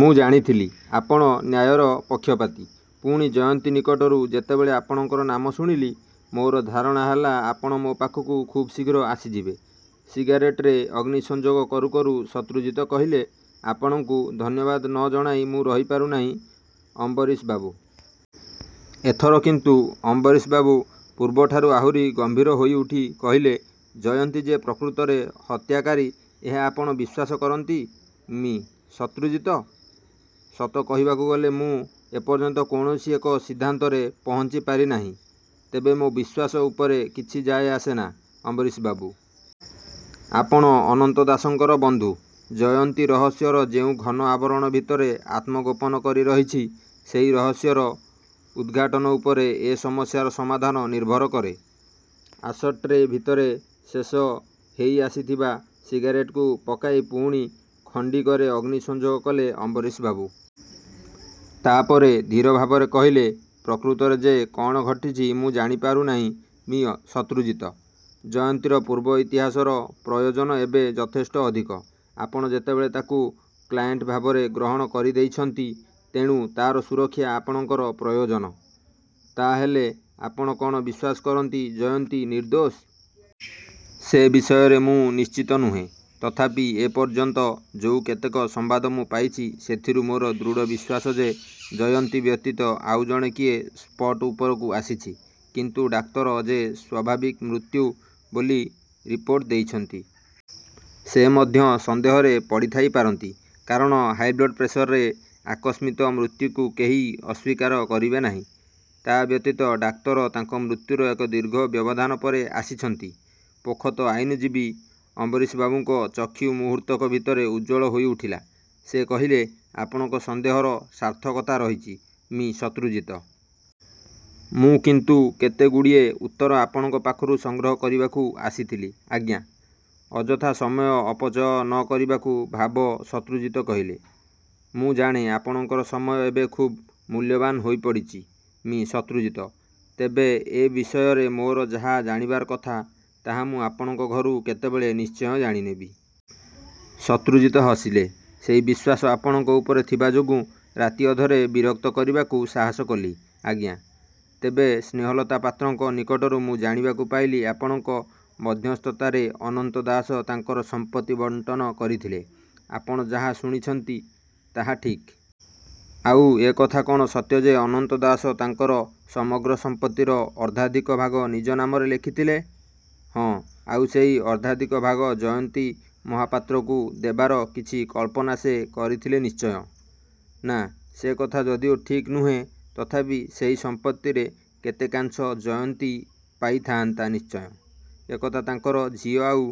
ମୁଁ ଜାଣିଥିଲି, ଆପଣ ନ୍ୟାୟର ପକ୍ଷପାତୀ। ପୁଣି ଜୟନ୍ତୀ ନିକଟରୁ ଯେତେବେଳେ ଆପଣଙ୍କର ନାମ ଶୁଣିଲି, ମୋର ଧାରଣା ହେଲା ଆପଣ ମୋ ପାଖକୁ ଖୁବ୍ ଶୀଘ୍ର ଆସିଯିବେ। ' ସିଗାରେଟରେ ଅଗ୍ନିସଂଯୋଗ କରୁ କରୁ ଶତ୍ରୁଜିତ କହିଲେ, 'ଆପଣଙ୍କୁ ଧନ୍ୟବାଦ ନ ଜଣାଇ ମୁଁ ରହିପାରୁନାହିଁ, ଅମ୍ବରୀଶବାବୁ। ଏଥର କିନ୍ତୁ ଅମ୍ବରୀଶବାବୁ ପୂର୍ବଠାରୁ ଆହୁରି ଗମ୍ଭୀର ହୋଇଉଠି କହିଲେ 'ଜୟନ୍ତୀ ଯେ ପ୍ରକୃତରେ ହତ୍ୟାକାରୀ ଏହା ଆପଣ ବିଶ୍ୱାସ କରନ୍ତି, ମି: ଶତ୍ରୁଜିତ? ' 'ସତ କହିବାକୁ ଗଲେ ମୁଁ ଏପର୍ଯ୍ୟନ୍ତ କୌଣସି ଏକ ସିଦ୍ଧାନ୍ତରେ ପହଞ୍ଚିପାରିନାହିଁ। ତେବେ ମୋ ବିଶ୍ୱାସ ଉପରେ କିଛି ଯାଏ ଆସେ ନା, ଅମ୍ବରୀଶବାବୁ! ଆପଣ ଅନନ୍ତ ଦାସଙ୍କର ବନ୍ଧୁ। ଜୟନ୍ତୀ ରହସ୍ୟର ଯେଉଁ ଘନ ଆବରଣ ଭିତରେ ଆତ୍ମଗୋପନ କରି ରହିଛି, ସେଇ ରହସ୍ୟର ଉଦ୍ଘାଟନ ଉପରେ ଏ ସମସ୍ୟାର ସମାଧାନ ନିର୍ଭର କରେ। ' ଆସଟ୍ରେ ଭିତରେ ଶେଷ ହେଇଆସିଥିବା ସିଗାରେଟକୁ ପକାଇ ପୁଣି ଖଣ୍ଡିକରେ ଅଗ୍ନି ସଂଯୋଗ କଲେ ଅମ୍ବରୀଶବାବୁ। ତା'ପରେ ଧୀର ଭାବରେ କହିଲେ, 'ପ୍ରକୃତରେ ଯେ କ'ଣ ଘଟିଛି ମୁଁ ଜାଣିପାରୁନାହିଁ, ମି: ଶତ୍ରୁଜିତ! ' 'ଜୟନ୍ତୀର ପୂର୍ବ ଇତିହାସର ପ୍ରୟୋଜନ ଏବେ ଯଥେଷ୍ଟ ଅଧିକ। ଆପଣ ଯେତେବେଳେ ତାକୁ କ୍ଲାଏଣ୍ଟ ଭାବରେ ଗ୍ରହଣ କରିଦେଇଛନ୍ତି, ତେଣୁ ତା'ର ସୁରକ୍ଷା ଆପଣଙ୍କର ପ୍ରୟୋଜନ। ' 'ତା'ହେଲେ ଆପଣ କ'ଣ ବିଶ୍ୱାସ କରନ୍ତି ଜୟନ୍ତୀ ନିର୍ଦ୍ଦୋଷ? ' 'ସେ ବିଷୟରେ ମୁଁ ନିଶ୍ଚିତ ନୁହେଁ। ତଥାପି ଏପର୍ଯ୍ୟନ୍ତ ଯୋଉ କେତେକ ସମ୍ବାଦ ମୁଁ ପାଇଛି ସେଥିରୁ ମୋର ଦୃଢ ବିଶ୍ୱାସ ଯେ ଜୟନ୍ତୀ ବ୍ୟତୀତ ଆଉ ଜଣେ କିଏ ସ୍ପଟ୍ ଉପରକୁ ଆସିଛି। ' 'କିନ୍ତୁ ଡାକ୍ତର ଯେ ସ୍ୱାଭାବିକ ମୃତ୍ୟୁ ବୋଲି ରିପୋର୍ଟ ଦେଇଛନ୍ତି! ' 'ସେ ମଧ୍ୟ ସନ୍ଦେହରେ ପଡ଼ିଥାଇପାରନ୍ତି। କାରଣ ହାଇବ୍ଲଡ୍ପ୍ରେସରରେ ଆକସ୍ମିକ ମୃତ୍ୟୁକୁ କେହି ଅସ୍ୱୀକାର କରିବେ ନାହିଁ। ତା' ବ୍ୟତୀତ ଡାକ୍ତର ତାଙ୍କ ମୃତ୍ୟୁର ଏକ ଦୀର୍ଘ ବ୍ୟବଧାନ ପରେ ଆସିଛନ୍ତି। ' ପୋଖତ ଆଇନଜୀବୀ ଅମ୍ବରୀଶବାବୁଙ୍କ ଚକ୍ଷୁ ମୁହୂର୍ତ୍ତକ ଭିତରେ ଉଜ୍ଜ୍ୱଳ ହୋଇଉଠିଲା-। ସେ କହିଲେ, 'ଆପଣଙ୍କ ସନ୍ଦେହର ସାର୍ଥକତା ରହିଛି, ମି: ଶତ୍ରୁଜିତ! ' 'ମୁଁ କିନ୍ତୁ କେତେଗୁଡ଼ିଏ ଉତ୍ତର ଆପଣଙ୍କ ପାଖରୁ ସଂଗ୍ରହ କରିବାକୁ ଆସିଥିଲି, ଆଜ୍ଞା! ' ଅଯଥା ସମୟ ଅପଚୟ ନ କରିବାକୁ ଭାବ ଶତ୍ରୁଜିତ କହିଲେ। 'ମୁଁ ଜାଣେ ଆପଣଙ୍କର ସମୟ ଏବେ ଖୁବ୍ ମୂଲ୍ୟବାନ ହୋଇପଡ଼ିଚି, ମି: ଶତ୍ରୁଜିତ! ତେବେ ଏ ବିଷୟରେ ମୋର ଯାହା ଜାଣିବାର କଥା, ତାହା ମୁଁ ଆପଣଙ୍କ ଘରୁ କେତେବେଳେ ନିଶ୍ଚୟ ଜାଣିନେବି। ' ଶତ୍ରୁଜିତ ହସିଲେ, ସେଇ ବିଶ୍ୱାସ ଆପଣଙ୍କ ଉପରେ ଥିବାଯୋଗୁଁ ରାତିଅଧରେ ବିରକ୍ତ କରିବାକୁ ସାହସ କଲି, ଆଜ୍ଞା! ତେବେ ସ୍ନେହଲତା ପାତ୍ରଙ୍କ ନିକଟରୁ ମୁଁ ଜାଣିବାକୁ ପାଇଲି, ଆପଣଙ୍କ ମଧ୍ୟସ୍ଥତାରେ ଅନନ୍ତ ଦାସ ତାଙ୍କର ସମ୍ପତ୍ତି ବଣ୍ଟନ କରିଥିଲେ। ' 'ଆପଣ ଯାହା ଶୁଣିଛନ୍ତି, ତାହା ଠିକ୍। ' 'ଆଉ ଏକଥା କ'ଣ ସତ୍ୟ ଯେ ଅନନ୍ତ ଦାସ ତାଙ୍କର ସମଗ୍ର ସମ୍ପତ୍ତିର ଅର୍ଦ୍ଧାଧିକ ଭାଗ ନିଜ ନାମରେ ରଖିଥିଲେ? ' 'ହଁ। ' 'ଆଉ ସେଇ ଅର୍ଦ୍ଧାଧିକ ଭାଗ ଜୟନ୍ତୀ ମହାପାତ୍ରକୁ ଦେବାର କିଛି କଳ୍ପନା ସେ କରିଥିଲେ ନିଶ୍ଚୟ। ' 'ନା, ସେକଥା ଯଦିଓ ଠିକ୍ ନୁହେଁ, ତଥାପି ସେଇ ସମ୍ପତ୍ତିରେ କେତେକାଂଶ ଜୟନ୍ତୀ ପାଇଥାଆନ୍ତା ନିଶ୍ଚୟ। ' 'ଏକଥା ତାଙ୍କର ଝିଅ ଆଉ